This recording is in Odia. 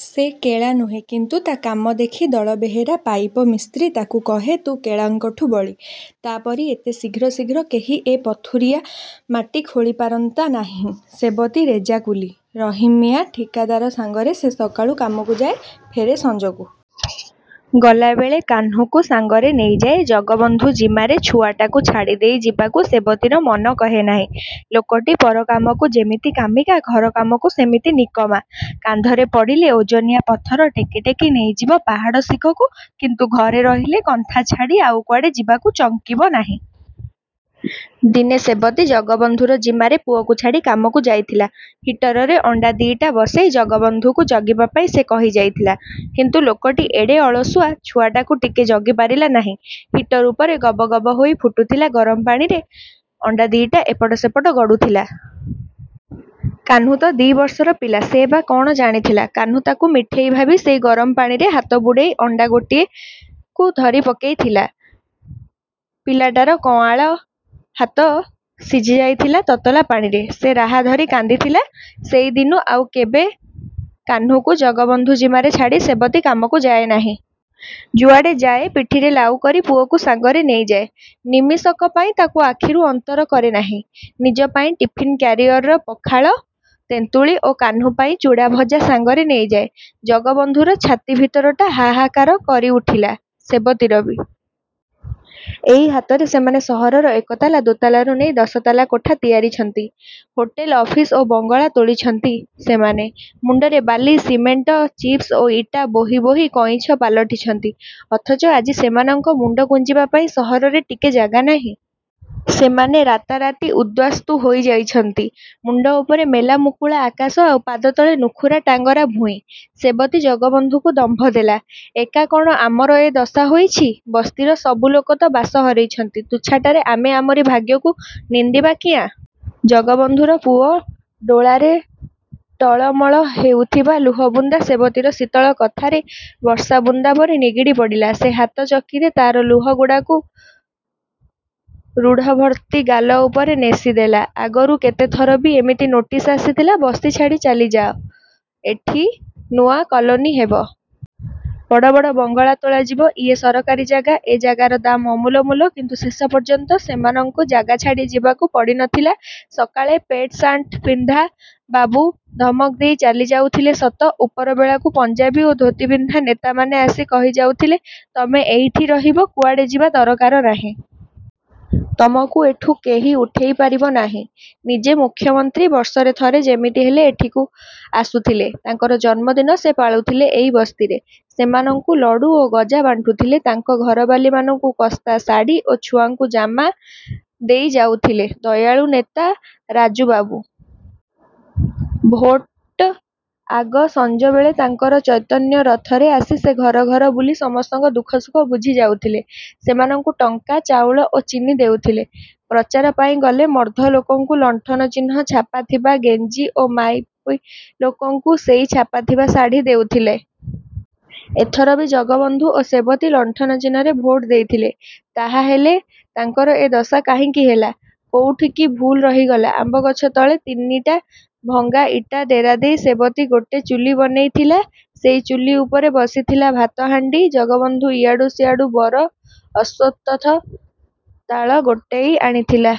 ସେ କେଳା ନୁହେଁ, କିନ୍ତୁ ତା କାମ ଦେଖି ଦଳବେହେରା ପାଇପ ମିସ୍ତ୍ରି ତାକୁ କହେ ତୁ କେଳାଙ୍କଠୁଁ ବଳି। ତୋ ପରି ଏତେ ଶୀଘ୍ର ଶୀଘ୍ର କେହି ଏ ପଥୁରିଆ ମାଟି ଖୋଳିପାରନ୍ତା ନାହିଁ। ସେବତୀ ରେଜାକୁଲି। ରହିମ୍ ମିଆଁ ଠିକାଦାର ସାଙ୍ଗରେ ସେ ସକାଳୁ କାମକୁ ଯାଏ, ଫେରେ ସଂଜକୁ। ଗଲାବେଳେ କାହ୍ନୁକୁ ସାଙ୍ଗରେ ନେଇଯାଏ। ଜଗବନ୍ଧୁ ଜିମାରେ ଛୁଆଟାକୁ ଛାଡ଼ିଦେଇ ଯିବାକୁ ସେବତୀର ମନ କହେ ନାହିଁ। ଲୋକଟି ପରକାମକୁ ଯେମିତି କାମିକା, ଘରକାମକୁ ସେମିତି ନିକମା। କାନ୍ଧରେ ପଡ଼ିଲେ ଓଜନିଆ ପଥର ଟେକି ଟେକି ନେଇଯିବ ପାହାଡ଼ ଶିଖକୁ, କିନ୍ତୁ ଘରେ ରହିଲେ କନ୍ଥା ଛାଡ଼ି ଆଉ କୁଆଡ଼େ ଯିବାକୁ ଚଙ୍କିବ ନାହିଁ। ଦିନେ ସେବତୀ ଜଗବନ୍ଧୁର ଜିମାରେ ପୁଅକୁ ଛାଡ଼ି କାମକୁ ଯାଇଥିଲା। ହିଟରରେ ଅଣ୍ଡା ଦିଇଟା ବସେଇ ଜଗବନ୍ଧୁକୁ ଜଗିବା ପାଇଁ ସେ କହିଯାଇଥିଲା। କିନ୍ତୁ ଲୋକଟି ଏଡ଼େ ଅଳସୁଆ, ଛୁଆଟାକୁ ଟିକେ ଜଗି ପାରିଲା ନାହିଁ। ହିଟର୍ ଉପରେ ଗବ ଗବ ହୋଇ ଫୁଟୁଥିଲା ଗରମ ପାଣିରେ ଅଣ୍ଡା ଦିଇଟା ଏପଟ ସେପଟ ଗଡ଼ୁଥିଲା। କାହ୍ନୁ ତ ଦି ବର୍ଷର ପିଲା। ସେ ବା କଣ ଜାଣିଥିଲା? କାହ୍ନୁ ତାକୁ ମିଠେଇ ଭାବି ସେଇ ଗରମ ପାଣିରେ ହାତବୁଡ଼େଇ ଅଣ୍ଡା ଗୋଟିଏକୁ ଧରିପକେଇଥିଲା। ପିଲାଟାର କଆଁଳ ହାତ ସିଝିଯାଇଥିଲା ତତଲା ପାଣିରେ। ସେ ରାହା ଧରି କାନ୍ଦିଥିଲା...। ସେଇଦିନୁ ଆଉ କେବେ କାହ୍ନୁକୁ ଜଗବନ୍ଧୁ ଜିମାରେ ଛାଡ଼ି ସେବତୀ କାମକୁ ଯାଏ ନାହିଁ-। ଯୁଆଡ଼େ ଯାଏ ପିଠିରେ ଲାଉକରି ପୁଅକୁ ସାଂଗରେ ନେଇ ଯାଏ। ନିମିଷକ ପାଇଁ ତାକୁ ଆଖିରୁ ଅନ୍ତର କରେ ନାହିଁ। ନିଜ ପାଇଁ ଟିଫିନ୍ କ୍ୟାରିଅରରେ ପଖାଳ, ତେନ୍ତୁଳି ଓ କାହ୍ନୁ ପାଇଁ ଚୁଡ଼ାଭଜା ସାଙ୍ଗରେ ନେଇଯାଏ। ଜଗବନ୍ଧୁର ଛାତି ଭିତରଟା ହାହାକାର କରିଉଠିଲା। ସେବତୀର ବି। ଏଇ ହାତରେ ସେମାନେ ସହରର ଏକତାଲା, ଦୋତାଲାରୁ ନେଇ ଦଶତାଲା କୋଠା ତିଆରିଛନ୍ତି। ହୋଟେଲ୍, ଅଫିସ୍ ଓ ବଙ୍ଗଳା ତୋଳିଛନ୍ତି ସେମାନେ। ମୁଣ୍ଡରେ ବାଲି, ସିମେଣ୍ଟ, ଚିପ୍ସ ଓ ଇଟା ବୋହି ବୋହି କଇଁଛ ପାଲଟିଛନ୍ତି। ଅଥଚ ଆଜି ସେମାନଙ୍କ ମୁଣ୍ଡ ଗୁଂଜିବା ପାଇଁ ସହରରେ ଟିକେ ଜାଗା ନାହିଁ! ସେମାନେ ରାତାରାତି ଉଦ୍ବାସ୍ତୁ ହୋଇଯାଇଛନ୍ତି। ମୁଣ୍ଡ ଉପରେ ମେଲା ମୁକୁଳା ଆକାଶ ଆଉ ପାଦତଳେ ନୁଖୁରା ଟାଙ୍ଗରା ଭୂଇଁ। ସେବତୀ ଜଗବନ୍ଧୁକୁ ଦମ୍ଭ ଦେଲା, "ଏକା କଣ ଆମର ଏ ଦଶା ହୋଇଛି? ବସ୍ତିର ସବୁଲୋକ ତ ବାସ ହରେଇଛନ୍ତି। ତୁଚ୍ଛାଟାରେ ଆମେ ଆମରି ଭାଗ୍ୟକୁ ନିନ୍ଦିବା କିଆଁ? " ଜଗବନ୍ଧୁର ପୁଅ ଡୋଳାରେ ଟଳମଳ ହେଉଥିବା ଲୁହବୁନ୍ଦା ସେବତୀର ଶୀତଳ କଥାରେ ବର୍ଷାବୁନ୍ଦା ପରି ନିଗିଡ଼ିପଡ଼ିଲା। ସେ ହାତ ଚକିରେ ତାର ଲୁହଗୁଡ଼ାକୁ ରୁଢ଼ଭର୍ତ୍ତି ଗାଲ ଉପରେ ନେସିଦେଲା। ଆଗରୁ କେତେଥର ବି ଏମିତି ନୋଟିସ୍ ଆସିଥିଲା–ବସ୍ତି ଛାଡ଼ି ଚାଲିଯାଅ। ଏଠି ନୂଆ କଲୋନି ହେବ। ବଡ଼ ବଡ଼ ବଙ୍ଗଳା ତୋଳାଯିବ। ଇଏ ସରକାରୀ ଜାଗା, ଏ ଜାଗାର ଦାମ୍ ଅମୂଲ ମୂଲ। କିନ୍ତୁ ଶେଷ ପର୍ଯ୍ୟନ୍ତ ସେମାନଙ୍କୁ ଜାଗା ଛାଡ଼ି ଯିବାକୁ ପଡ଼ିନଥିଲା। ସକାଳେ ପେଣ୍ଟସାର୍ଟ ପିନ୍ଧା ବାବୁମାନେ ଧମକ ଦେଇ ଚାଲି ଯାଉଥିଲେ ସତ, ଉପରବେଳାକୁ ପଞ୍ଜାବି ଓ ଧୋତିପିନ୍ଧା ନେତାମାନେ ଆସି କହିଯାଉଥିଲେ, 'ତମେ ଏଇଠି ରହିବ, କୁଆଡ଼େ ଯିବା ଦରକାର ନାହିଁ। ତମକୁ ଏଠୁ କେହି ଉଠେଇପାରିବ ନାହିଁ। ' ନିଜେ ମୁଖ୍ୟମନ୍ତ୍ରୀ ବର୍ଷରେ ଥରେ ଯେମିତି ହେଲେ ଏଠିକୁ ଆସୁଥିଲେ। ତାଙ୍କର ଜନ୍ମଦିନ ସେ ପାଳୁଥିଲେ ଏଇ ବସ୍ତିରେ। ସେମାନଙ୍କୁ ଲଡୁ ଓ ଗଜା ବାଣ୍ଟୁଥିଲେ, ତାଙ୍କ ଘରବାଲୀମାନଙ୍କୁ କସ୍ତାଶାଢ଼ି ଓ ଛୁଆଙ୍କୁ ଜାମା ଦେଇଯାଉଥିଲେ। ଦୟାଳୁ ନେତା ରାଜୁବାବୁ! ଭୋଟ୍ ଆଗ ସଂଜବେଳେ ତାଙ୍କର ଚୈତନ୍ୟରଥରେ ଆସି ସେ ଘର ଘର ବୁଲି ସମସ୍ତଙ୍କ ଦୁଃଖସୁଖ ବୁଝି ଯାଉଥିଲେ। ସେମାନଙ୍କୁ ଟଙ୍କା, ଚାଉଳ ଓ ଚିନି ଦେଉଥିଲେ। ପ୍ରଚାର ପାଇଁ ଗଲେ ମର୍ଦ୍ଦଲୋକଙ୍କୁ ଲଣ୍ଠନ ଚିହ୍ନ ଛାପାଥିବା ଗେଂଜି ଓ ମାଇପିଲୋକଙ୍କୁ ସେଇ ଛାପାଥିବା ଶାଢ଼ି ଦେଉଥିଲେ। ଏଥର ବି ଜଗବନ୍ଧୁ ଓ ସେବତୀ ଲଣ୍ଠନ ଚିହ୍ନରେ ଭୋଟ୍ ଦେଇଥିଲେ। ତାହାହେଲେ ତାଙ୍କର ଏ ଦଶା କାହିଁକି ହେଲା? କୋଉଠି କି ଭୁଲ୍ ରହିଗଲା? ଆମ୍ବଗଛ ତଳେ ତିନିଟା ଭଙ୍ଗା ଇଟା ଡେରାଦେଇ ସେବତୀ ଗୋଟେ ଚୁଲି ବନେଇଥିଲା। ସେଇ ଚୁଲି ଉପରେ ବସିଥିଲା ଭାତହାଣ୍ଡି। ଜଗବନ୍ଧୁ ଇଆଡ଼ୁ ସିଆଡ଼ୁ ବର, ଅଶ୍ୱତ୍ଥ ଡାଳ ଗୋଟେଇ ଆଣିଥିଲା।